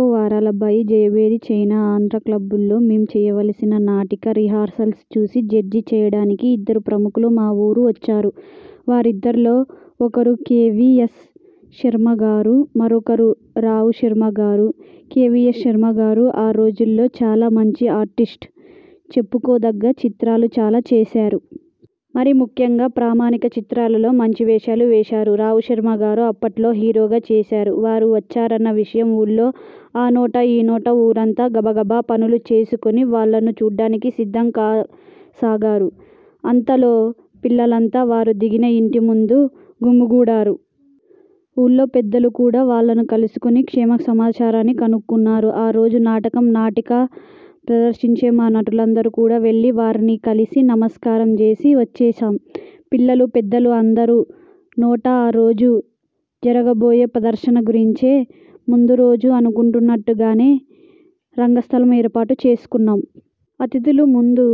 ఓ వారాలబ్బాయి జయభేరి చెన్నై ఆంధ్రాక్లబ్లో మేం వేయాల్సిన నాటిక రిహార్సల్స్ చూసి జడ్జి చేయడానికి ఇద్దరు ప్రముఖులు మా ఊరు వచ్చారు. వారిదర్లో ఒకరు కేవీయస్శర్మగారు, మరొకరు రావుశర్మగారు. కేవీయస్ శర్మగారు ఆ రోజుల్లో చాలా మంచి ఆర్టిస్ట్. చెప్పుకోదగ్గ చిత్రాలు చాలా చేశారు. మరీ ముఖ్యంగా పౌరాణిక చిత్రాల్లో మంచివేషాలు వేశారు. రావుశర్మగారు అప్పటికే హీరోగా చేశారు. వారు వచ్చారన్న విషయం ఊళ్ళో ఆ నోటా ఈనోటా విన్నవారంతా గబగబా పనులు పూర్తి చేసుకుని వాళ్లను చూడ్డానికి సిద్ధం కాసాగారు. అంతలో పిల్లలంతా వారు దిగిన ఇంటి ముందు గుమిగూడారు. ఊళ్లో పెద్దాళ్లు కూడా వాళ్లను కలుసుకుని క్షేమసమాచారాలన్నీ కనుక్కున్నారు. ఆ రోజు నాటకం, నాటిక ప్రదర్శించే మా నటులందరం కూడా వెళ్లి వారిని కలిసి నమస్కారం చేసి వచ్చేశాం. పిల్లలు, పెద్దలు అందరి నోటా ఆ రోజు జరగబోయే ప్రదర్శనల గురించే. ముందురోజు అనుకున్నట్టుగానే రంగస్థలం ఏర్పాటు చేసుకున్నాం. అతిథుల ముందు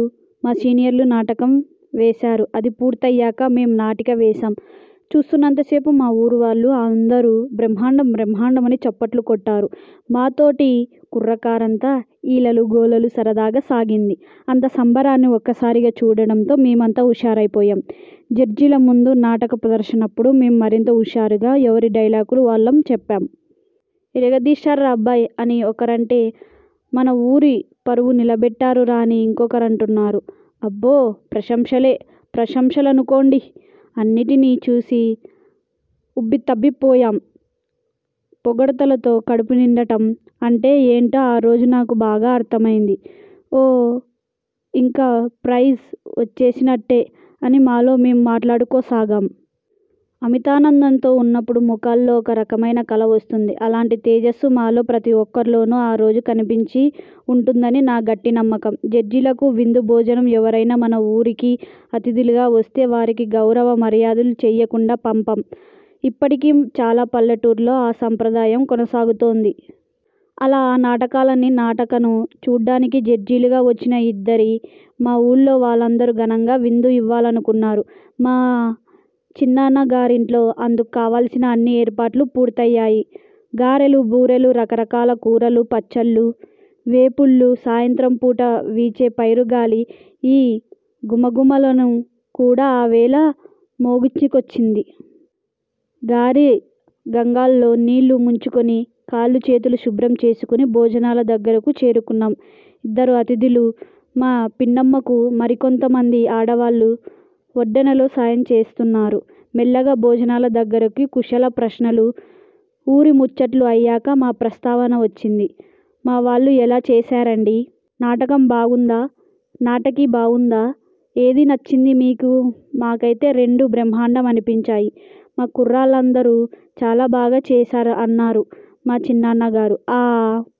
మా సీనియర్లు నాటకం వేశారు. అది పూర్తయ్యాక మేం నాటిక వేశాం. చూస్తున్నంతసేపూ మా ఊళ్లోవాళ్లు అందరూ 'బ్రహ్మాండం బ్రహ్మాండం' అని చప్పట్లు కొట్టారు. మాతోటి కుర్రకారంతా ఈలలూ, గోలలూ సరదాగా సాగింది. అంత సంబరాన్ని ఒక్కసారిగా చూడటంతో మేమంతా హుషారైపోయాం. జడ్జీలముందు నాటక ప్రదర్శనప్పుడు మేం మరింత హుషారుగా ఎవరి డైలాగులు వాళ్లం చెప్పాం. 'ఇరగదీశార్రా అబ్బాయ్' అని ఒకరంటే.. 'మన ఊరి పరువు నిలబెట్టారురా' అని ఇంకొకరన్నారు. అబ్బో ప్రశంసలే ప్రశంసలనుకోండి. అన్నిటినీ చూసి ఉబ్బితబ్బిబ్బైపోయాం. పొగడ్తలతో కడుపునిండటం అంటే ఏంటో ఆ రోజు నాకు బాగా అర్థమైంది. 'ఓ.. ఇంక ప్రైజ్ వచ్చేసినట్టే' అని మాలో మేం మాట్లాడుకోసాగాం. అమితానందంతో ఉన్నప్పుడు ముఖాల్లో ఒకరకమైన కళ వస్తుంది. అలాంటి తేజస్సు మాలో ప్రతి ఒక్కరిలోనూ ఆ రోజు కనిపించే ఉంటుందని నా గట్టి నమ్మకం. జడ్జీలకు విందు భోజనంఎవరైనా మన ఊరికి అతిథులుగా వస్తే వారికి గౌరవ మర్యాదలు చేయకుండా పంపం. ఇప్పటికీ చాలా పల్లెటూర్లలో ఆ సంప్రదాయం కొనసాగుతోంది. అలా మా నాటకాన్ని, నాటికను చూడ్డానికి జడ్జీలుగా వచ్చిన ఇద్దరికీ మా ఊళ్లో వాళ్లందరూ ఘనంగా విందు ఇవ్వాలనుకున్నారు. మా చిన్నాన్నగారింట్లో అందుకు కావాల్సిన అన్ని ఏర్పాట్లూ పూర్తయ్యాయి. గారెలు, బూరులు, రకరకాల కూరలు, పచ్చళ్లు, వేపుళ్లుసాయంత్రం పూట వీచే పైరుగాలి ఈ ఘుమఘుమలను కూడా ఆ వేళ మోసుకొచ్చింది. రాగి గంగాళాల్లో నీళ్ళు ముంచుకుని కాళ్లు చేతులు శుభ్రం చేసుకుని భోజనాల దగ్గరకు చేరుకున్నారు ఇద్దరు అతిథులు. మా పిన్నమ్మకు మరికొంతమంది ఆడవాళ్లు వడ్డనలో సాయం చేస్తున్నారు. మెల్లగా భోజనాల దగ్గర కుశల ప్రశ్నలూ, ఊరి ముచ్చట్లు అయ్యాక మా ప్రస్తావన వచ్చింది. ''మా వాళ్లు ఎలా చేశారండీ.. నాటకం బావుందా? నాటిక బావుందా? ఏది నచ్చింది మీకుమాకైతే రెండూ బ్రహ్మాండం అనిపించాయి. మా కుర్రాళ్లందరూ చాలా బాగా చేశారు' అన్నారు మా చిన్నాన్నగారు. ఆ